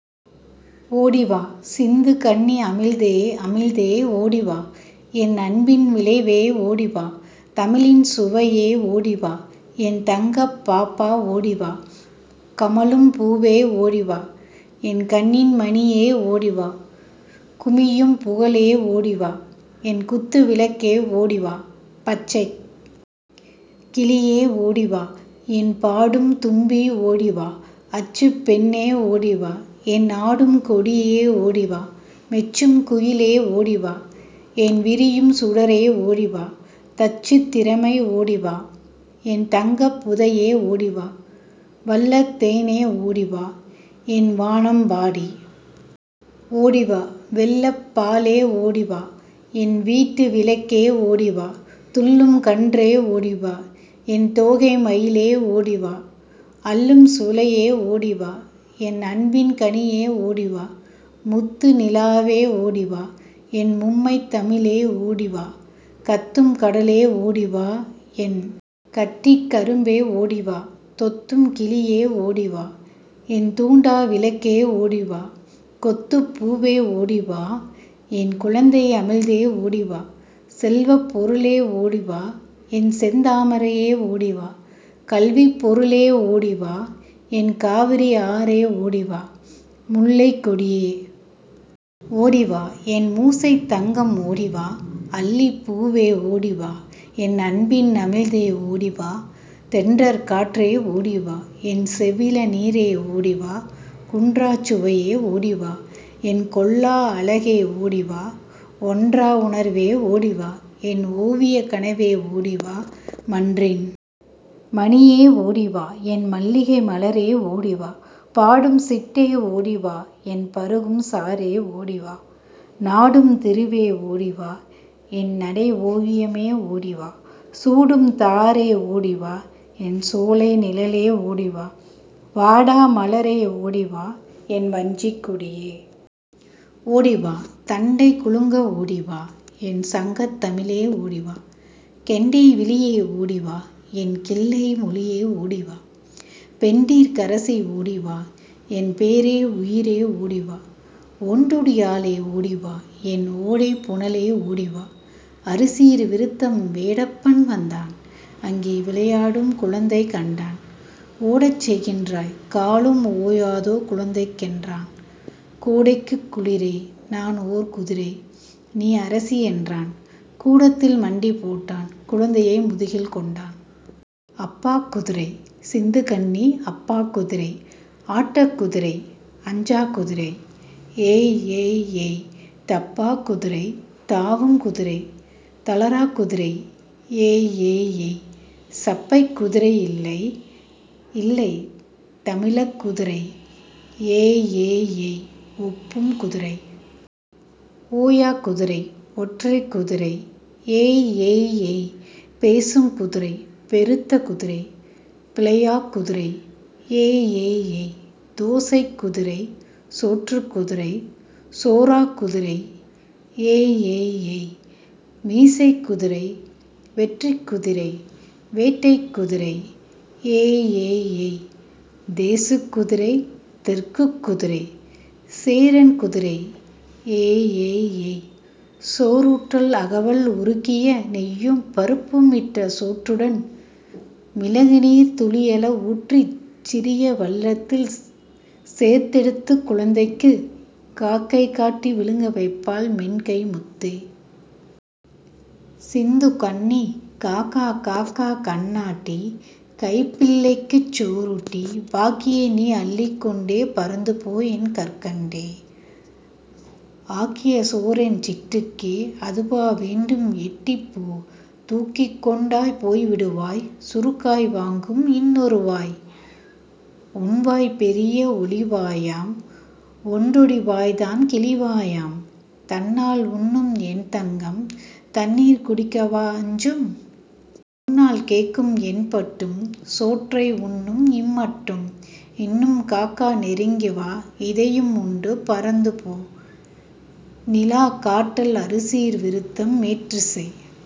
ஓடி வா சிந்து கண்ணி அமிழ்தே அமிழ்தே ஓடிவா என் அன்பின் விளைவே ஓடிவா தமிழின் சுவையே ஓடிவா என் தங்கப் பாப்பா ஓடிவா கமழும் பூவே ஓடிவா என் கண்ணின் மணியே ஓடிவா குமியும் புகழே ஓடிவா என் குத்து விளக்கே ஓடிவா பச்சைக் கிளியே ஓடிவா என் பாடும் தும்பி ஓடிவா அச்சுப் பெண்ணே ஓடிவா என் ஆடும் கொடியே ஓடிவா மெச்சும் குயிலே ஓடிவா என் விரியும் சுடரே ஓடிவா தச்சுத் திறமை ஓடிவா என் தங்கப் புதையே ஓடிவா வள்ளத் தேனே ஓடிவா என் வானம் பாடி ஓடிவா வெள்ளப் பாலே ஓடிவா என் வீட்டு விளக்கே ஓடிவா துள்ளும் கன்றே ஓடிவா என் தோகை மயிலே ஓடிவா அள்ளும் சுளையே ஓடிவா என் அன்பின் கனியே ஓடிவா முத்து நிலாவே ஓடிவா என் மும்மைத் தமிழே ஓடிவா கத்தும் கடலே ஓடிவா என் கட்டிக் கரும்பே ஓடிவா தொத்தும் கிளியே ஓடிவா என் தூண்டா விளக்கே ஓடிவா கொத்துப் பூவே ஓடிவா என் குழந்தை அமிழ்தே ஓடிவா செல்வப் பொருளே ஓடிவா என் செந்தா மரையே ஓடிவா கல்விப் பொருளே ஓடிவா என் காவிரி ஆறே ஓடிவா முல்லைக் கொடியே ஓடிவா என் மூசைத் தங்கம் ஓடிவா அல்லிப் பூவே ஓடிவா என் அன்பின் அமிழ்தே ஓடிவா தென்றற் காற்றே ஓடிவா என் செவ்விள நீரே ஓடிவா குன்றாச் சுவையே ஓடிவா என் கொள்ளா அழகே ஓடிவா ஒன்றா உணர்வே ஓடிவா-என் ஓவியக் கனவே ஓடிவா மன்றின் மணியே ஓடிவா என் மல்லிகை மலரே ஓடிவா பாடும் சிட்டே ஓடிவா என் பருகும் சாறே ஓடிவா நாடும் திருவே ஓடிவா என் நடை ஓவியமே ஓடிவா சூடும் தாரே ஓடிவா என் சோலை நிழலே ஓடிவா வாடா மலரே ஓடிவா என் வஞ்சிக் கொடியே ஓடிவா தண்டை குலுங்க ஓடிவா என் சங்கத் தமிழே ஓடிவா கெண்டை விழியே ஓடிவா என் கிள்ளை மொழியே ஓடிவா பெண்டிர்க் கரசி ஓடிவா என் பேறே உயிரே ஓடிவா ஒண்டொடியாளே ஓடிவா என் ஓடைப் புனலே ஓடிவா அறுசீர் விருத்தம் வேடப்பன் வந்தான் அங்கே விளையாடும் குழந்தை கண்டான் ஓடச்செய்கின்றாய் காலும் ஓயாதோ குழந்தைக் கென்றான் கோடைக்குக் குளிரே நான் ஓர் குதிரை நீஅரசி என்றான் கூடத்தில் மண்டி போட்டான் குழந்தையை முதுகில் கொண்டான். அப்பாக் குதிரை சிந்துக் கண்ணி அப்பாக் குதிரை ஆட்டக் குதிரை அஞ்சாக் குதிரை ஏய் ஏய் ஏய் தப்பாக் குதிரை தாவும் குதிரை தளராக் குதிரை ஏய் ஏய் ஏய் சப்பைக் குதிரை இல்லை இல்லை தமிழக் குதிரை ஏய் ஏய் ஏய் ஒப்பும் குதிரை ஓயாக் குதிரை ஒற்றைக் குதிரை ஏய் ஏய் ஏய் பேசும் குதிரை பெருத்த குதிரை பிழையாக் குதிரை ஏய் ஏய் ஏய் தோசைக் குதிரை சோற்றுக் குதிரை சோராக் குதிரை ஏய் ஏய் ஏய் மீசைக் குதிரை வெற்றிக் குதிரை வேட்டைக் குதிரை ஏய் ஏய் ஏய் தேசுக் குதிரை தெற்குக் குதிரை சேரன் குதிரை ஏய் ஏய் ஏய் சோறூட்டல் அகவல் உருக்கிய நெய்யும் பருப்பும் இட்ட சோற்றுடன் மிளகுநீர் துளியள வூற்றிச் சிறிய வள்ளத்தில் சேர்த்தெடுத்துக் குழந்தைக்குக் காக்கை காட்டி விழுங்க வைப்பாள் மென்னகை முத்தே. சிந்து கண்ணி காக்கா காக்கா கண்ணாட்டி கைப்பிள்ளைக்குச் சோறூட்டி பாக்கியை நீ அள்ளிக்கொண்டே பறந்துபோ என் கற்கண்டே. ஆக்கிய சோறென் சிட்டுக்கே அதுவா வேண்டும் எட்டிப்போ தூக்கிக் கொண்டா போய்விடுவாய் சுருக்காய் வாங்கும் இன்னொருவாய். உன்வாய் பெரிய ஒளிவாயாம் ஒண்டொடி வாய்தான் கிளிவாயாம் தன்னால்உண்ணும் என்தங்கம் தண்ணீர் குடிக்க வா அஞ்சும்? சொன்னால் கேட்கும் என்பட்டும் சோற்றை உண்ணும் இம் மட்டும் இன்னும் காக்கா நெருங்கிவா இதையும் உண்டு பறந்துபோ. நிலாக் காட்டல் அறுசீர் விருத்தம் மேற்றிசை